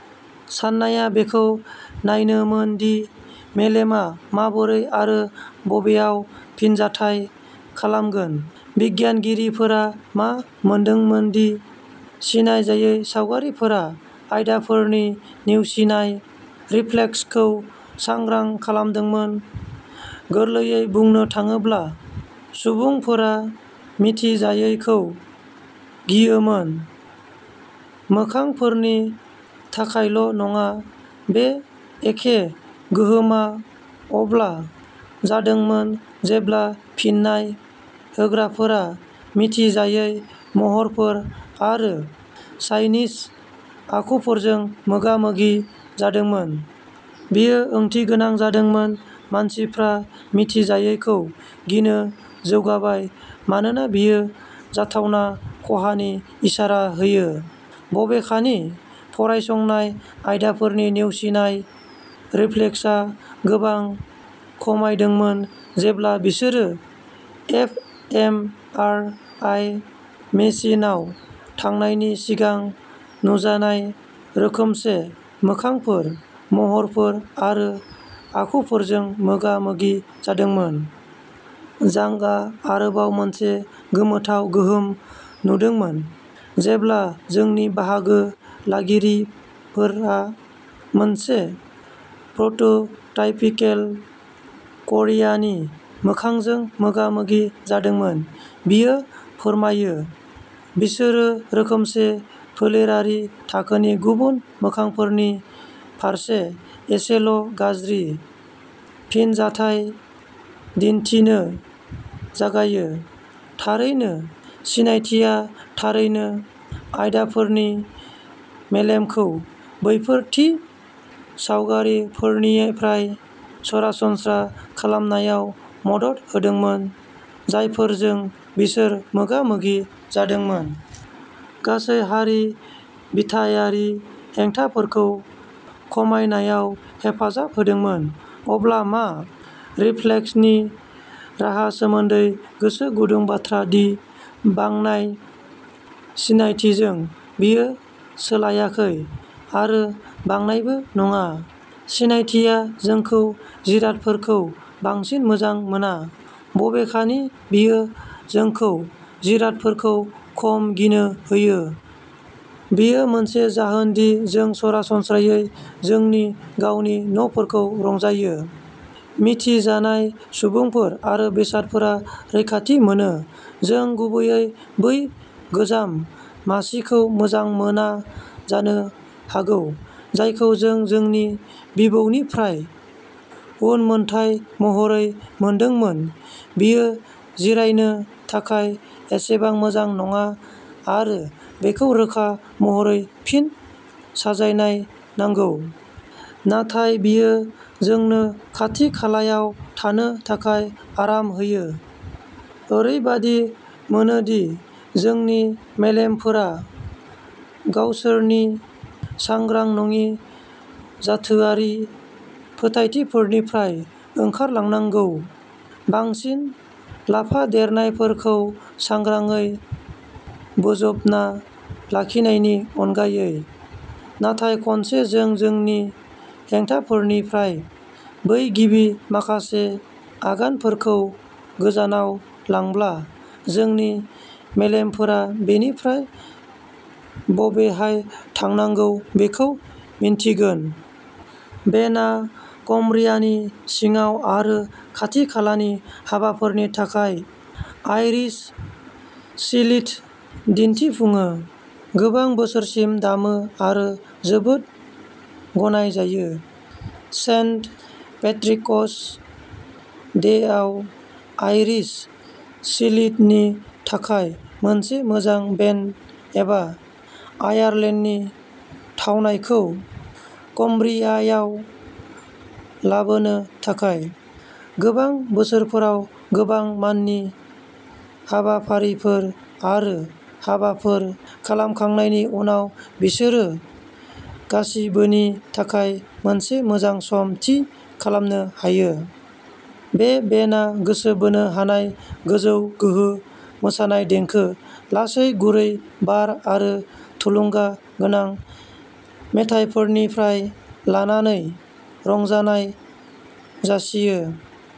साननाया बेखौ नायनोमोन दि मेलेमआ माबोरै आरो बबेयाव फिनजाथाय खालामगोन। बिगियानगिरिफोरा मा मोनदोंमोन दि सिनायजायै सावगारिफोरा आयदाफोरनि नेवसिनाय रिफ्लेक्सखौ सांग्रां खालामदोंमोन गोरलैयै बुंनो थाङोब्ला, सुबुंफोरा मिथिजायैखौ गियोमोन। मोखांफोरनि थाखायल' नङा, बे एखे गोहोमआ अब्ला जादोंमोन जेब्ला फिन्नाय होग्राफोरा मिथिजायै महरफोर आरो चाइनिज आखुफोरजों मोगा मोगि जादोंमोन। बेयो ओंथिगोनां जादोंमोन मानसिफ्रा मिथिजायैखौ गिनो जौगाबाय मानोना बेयो जाथावना खहानि इसारा होयो। बबेखानि, फरायसंनाय आयदाफोरनि नेवसिनाय रिफ्लेक्सआ गोबां खमायदोंमोन जेब्ला बिसोरो एफ एम आर आइ मेसिनआव थांनायनि सिगां नुजानाय रोखोमसे मोखांफोर, महरफोर आरो आखुफोरजों मोगा मोगि जादोंमोन। झांगआ आरोबाव मोनसे गोमोथाव गोहोम नुदोंमोन। जेब्ला जोंनि बाहागो लागिरिफोरा मोनसे प्रोटोटाइपिकेल क'रियानि मोखांजों मोगा मोगि जादोंमोन बियो फोरमायो, बिसोरो रोखोमसे फोलेरारि थाखोनि गुबुन मोखांफोरनि फारसे एसेल' गाज्रि फिनजाथाय दिनथिनो जागायो। थारैनो, सिनायथिआ थारैनो आयदाफोरनि मेलेमखौ बैफोर थि सावगारिफोरनिफ्राय सरासनस्रा खालामनायाव मदद होदोंमोन जायफोरजों बिसोर मोगा मोगि जादोंमोन। गासै हारि बिथायारि हेंथाफोरखौ खमायनायाव हेफाजाब होदोंमोन। अब्ला मा? रिफ्लेक्सनि राहा सोमोन्दै, गोसो गुदुं बाथ्रा दि, बांनाय सिनायथिजों, बेयो सोलायाखै आरो बांनायबो नङा। सिनायथिआ जोंखौ जिरादफोरखौ बांसिन मोजां मोना। बबेखानि, बेयो जोंखौ जिरादफोरखौ खम गिनो होयो। बेयो मोनसे जाहोन दि जों सरासनस्रायै जोंनि गावनि न'फोरखौ रंजायो। मिथिजानाय सुबुंफोर आरो बेसादफोरा रैखाथि मोनो। जों गुबैयै बै गोजाम मासिखौ मोजां मोना जानो हागौ जायखौ जों जोंनि बिबौनिफ्राय उनमोनथाइ महरै मोनदोंमोन बेयो जिरायनो थाखाय एसेबां मोजां नङा आरो बेखौ रोखा महरै फिन साजायनाय नांगौ । नाथाय बेयो जोंनो खाथि-खालायाव थानो थाखाय आराम होयो। ओरैबादि मोनोदि जोंनि मेलेमफोरा गावसोरनि सांग्रां नङि जाथोआरि फोथायथिफोरनिफ्राय ओंखारलांनांगौ, बांसिन लाफादेरनायफोरखौ सांग्राङै बोजबना लाखिनायनि अनगायै। नाथाय खनसे जों जोंनि हेंथाफोरनिफ्राय बै गिबि माखासे आगानफोरखौ गोजानाव लांब्ला, जोंनि मेलेमफोरा बेनिफ्राय बबेहाय थांनांगौ बेखौ मिन्थिगोन। बेन्डआ कम्ब्रियानि सिङाव आरो खाथि-खालानि हाबाफोरनि थाखाय आइरिश सिलिध दिन्थिफुङो। गोबां बोसोरसिम दामो आरो जोबोद गनायजायो। सेन्ट पेट्रिक'स डे'आव आइरिश सिलिध नि थाखाय मोनसे मोजां बेन्ड, एबा आयारलेन्डनि थावनायखौ कम्ब्रियायाव लाबोनो थाखाय। गोबां बोसोरफोराव गोबां माननि हाबाफारिफोर आरो हाबाफोर खालामखांनायनि उनाव बिसोरो गासिबोनि थाखाय मोनसे मोजां सम थि खालामनो हायो। बे बेन्डआ गोसो बोनो हानाय गोजौ गोहो मोसानाय देंखो, लासै गुरै बार आरो थुलुंगा गोनां मेथाइफोरनिफ्राय लानानै रंजानाय जासियो।